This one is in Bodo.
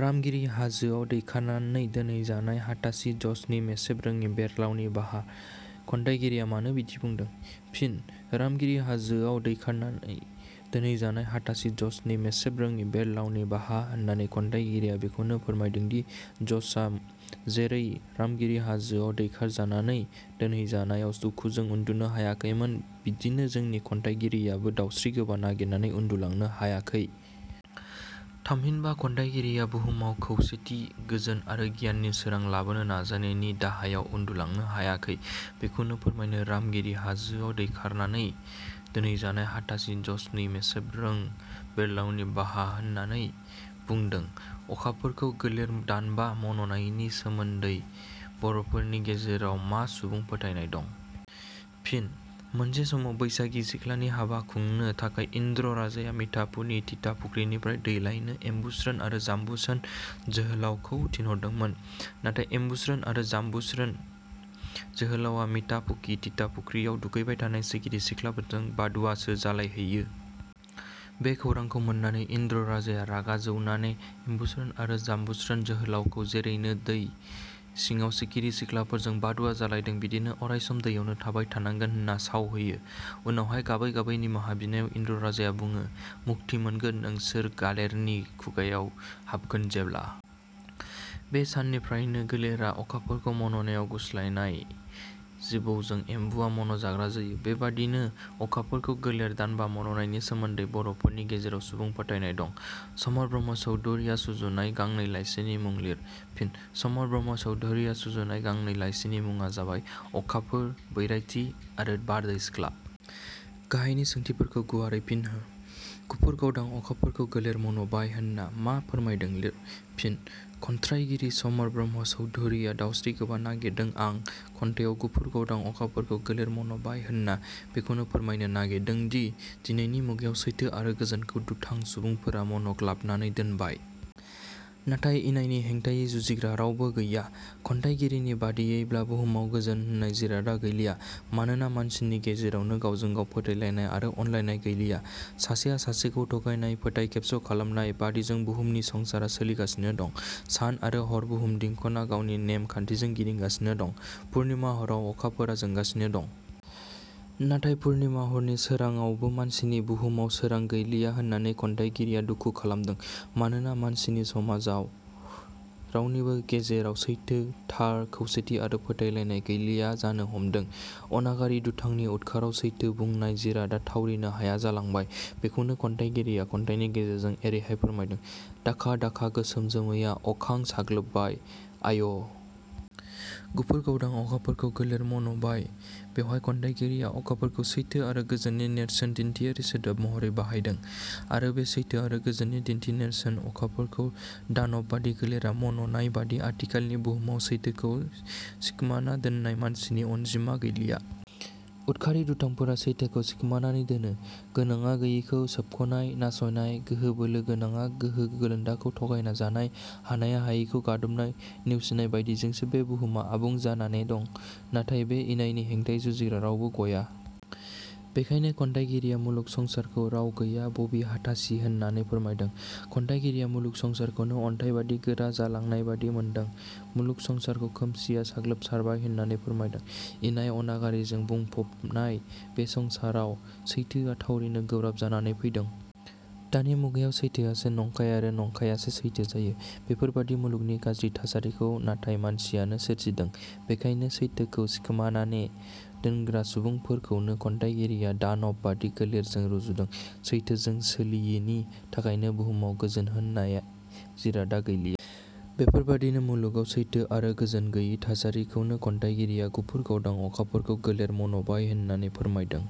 "रामगिरि हाजोआव दैखारनाननै दोनहैजानाय हाथासि जक्षनि मेसेबरोङै बेर्लावनि बाहा"- खन्थाइगिरिया मानो बिदि बुंदों? फिनः "रामगिरि हाजोआव दैखारनानै दोनहैजानाय हाथासि जक्षनि मेसेबरोडै बेर्लावनि बाहा" होननानै खन्थाइगिरिया बेखौनो फोरमायदोंदि जक्षआ जेरै रामगिरि हाजोआव दैखारजानानै दोनहैजानायाव दुखुजों उन्दुनो हायाखैमोन, बिदिनो जोंनि खन्थाइगिरियाबो दावस्रिगोबा नागिरनानै उन्दुलांनो हायाखै। थामहिनबा खन्थाइगिरिया बुहुमाव खौसेथि, गोजोन आरो गियाननि सोरां लाबोनो नाजानायनि दाहायाव उन्दुलांनो हायाखै, बेखौनो फोरमायनो "रामगिरि हाजो आव दैखारनानै दोनहैजानाय हाथासि जक्षनि मेसेबरोङ बेर्लावनि बाहा" होननानै बुंदों।.अखाफोरखौ गोलेर दानबा मन'नायनि सोमोन्दै बर 'फोरनि गेजेराव मा सुबुं फोथायनाय दं? फिन: मोनसे समाव बैसागि सिख्लानि हाबा खुंनो थाखाय इन्द्र राजाया मिथा फुनि थिथा फुख्रिनिफ्राय दै लायनो एम्बुस्रोन आरो जाम्बुसोन जोहोलावखौ थिनहरदोंमोन। नाथाय एम्बुस्रोन आरो जाम्बुस्रोन जोहोलावा मिथा फुखि थिथा फुख्रियाव दुगैबाय थानाय सिखिरि सिख्लाफोरजों बादुवासो जालायहैयो। बे खौरांखौ मोननानै इन्द्र राजाया रागा जौनाने एम्बुस्रोन आरो जाम्बुस्रोन जोहोलावखौ जेरैनो दै सिङाव सिखिरि सिख्लाफोरजों बादुवा जालायदों बिदिनो अरायसम दैयावनो थाबाय थानांगोन होनना साव होयो। उनावहाय गाबै गाबै निमाहा बिनायाव इन्द्र राजाया बुङो- मुक्ति मोनगोन नोंसोर गालेरनि खुगायाव हाबगोन जेब्ला। बै साननिफ्रायनो गोलेरा अखाफोरखौ मननायाव गुस्लायनाय जिबौजों एम्बुवा मन'जाग्रा जायो। बेबादिनो अखाफोरखौ गोलेर दानबा मन'नायनि सोमोन्दै बर'फोरनि गेजेराव सुबुं फोथायनाय दं। समर ब्रह्म चौधुरिया सुजुनाय गांनै लाइसिनि मुं लिर। फिनः चमर ब्रह्म चौधुरिया सुजुनाय गांनै लाइसिफोरनि मुङा जाबाय- 'अखाफोर', 'बैराथि आरो 'बारदै सिख्ला'। गाहायनि सोंथिफोरखौ गुवारै फिन होः. 'गुफुर गावदां अखाफोरखौ गोलेर मनबाय' होनना मा फोरमायदों लिर। फिनः खन्थ्राइगिरि चमर ब्रह्म चौधुरिया 'दावस्रि गोबा नागिरदों आं' खन्थाइयाव 'गुफुर गावदां अखाफोरखौ गोलेर मनबाय' होनना बेखौनो फोरमायनो नागिरदोंदि, दिनैनि मुगायाव सैथो आरो गोजोनखौ दुथां सुबुंफोरा मन'ग्लाबनानै दोनबाय। नाथाय इनायनि हेंथायै जुजिग्रा रावबो गैया। खन्थाइगिरिनि बादियैब्ला बुहुमाव गोजोन होननाय जिरादा गैलिया। मानोना मानसिनि गेजेरावनो गावजों गाव फोथायलायनाय आरो अनलायनाय गैलिया। सासेया सासेखौ थगायनाय, फोथायखेबस' खालामनाय, बादिजों बुहुमनि संसारा सोलिगासिनो दं। सान आरो हर बुहुम दिंखना गावनि नेम खान्थिजों गिदिंगासिनो दं, पुरनिमा हराव अखाफोरा जोंगासिनो दं। नाथाय पुरनिमा हरनि सोराङावबो मानसिनि बुहुमाव सोरां गैलिया होननानै खन्थाइगिरिया दुखु खालामदों। मानोना मानसिनि समाजाव रावनिबो गेजेराव सैथो, थार, खौसेथि आरो फोथायलायनाय गैलिया जानो हमदों। अनागारि दुथांनि उदखाराव सैथो बुंनाय जिरादा थावरिनो हाया जालांबाय, बेखौनो खन्थाइगिरिया खन्थाइनि गेजेरजों एरैहाय फोरमायदों- दाखा दाखा गोसोम जोमैया अखां साग्लोबबाय, आय'! गुफुर गावदां अखाफोरखौ गोलेर मन'बाय। बेवहाय खन्थाइगिरिया अखाफोरखौ सैथो आरो गोजोननि नेरसोन दिन्थियारि सोदोब महरै बाहायदों। आरो बे सैथो आरो गोजोननि दिन्थिनेरसोन अखाफोरखौ दानब बादि गोलेरा मन'नाय बादि आथिखालनि बुहुमाव सैथोखौ सिखमाना दोननाय मानसिनि अनजिमा गैलिया। उदखारि दुथांफोरा सैथोखौ सिखमानानै दोनो। गोनाङा गैयिखौ, सोबख'नाय, नासयनाय, गोहो-बोलो गोनाङा गोहो गोलोन्दाखौ थगायना जानाय, हानाया हायिखौ गादबनाय, नेवसिनाय बायदिजोंसो बे बुहुमा आबुं जानाने दं। नाथाय बे इनायनि हेंथायै जुजिग्रा रावबो गया। बेखायनो खन्थाइगिरिया मुलुग संसारखौ राव गैया बबि हाथासि होननानै फोरमायदों। खन्थाइगिरिया मुलुग संसारखौनो अन्थाइबादि गोरा जालांनायबादि मोनदों। मुलुग संसारखौ खोमसिया साग्लोबसारबाय होननानै फोरमायदों। इनाय अनागारिजों बुंफबनाय बे संसाराव सैथोआ थावरिनो गोब्राब जानानै फैदों। दानि मुगायाव सैथोआसो नंखाय आरो नंखायासो सैथो जायो। बेफोर बादि मुलुगनि गाज्रि थासारिखौ नाथाय मानसियानो सोरजिदों। बेखायनो सैथोखौ सिखमानानै दोनग्रा सुबुंफोरखौनो खन्थाइगिरिया दानब बादि गोलेरजों रुजुदों। सैथोजों सोलियिनि थाखायनो बुहुमाव गोजोन होननाय जिरादा गैलिया। बेफोरबादिनो मुलुगाव सैथो आरो गोजोन गैयि थासारिखौनो खन्थाइगिरिया 'गुफुर गावदां अखाफोरखौ गोलेर मनबाय' होननानै फोरमायदों।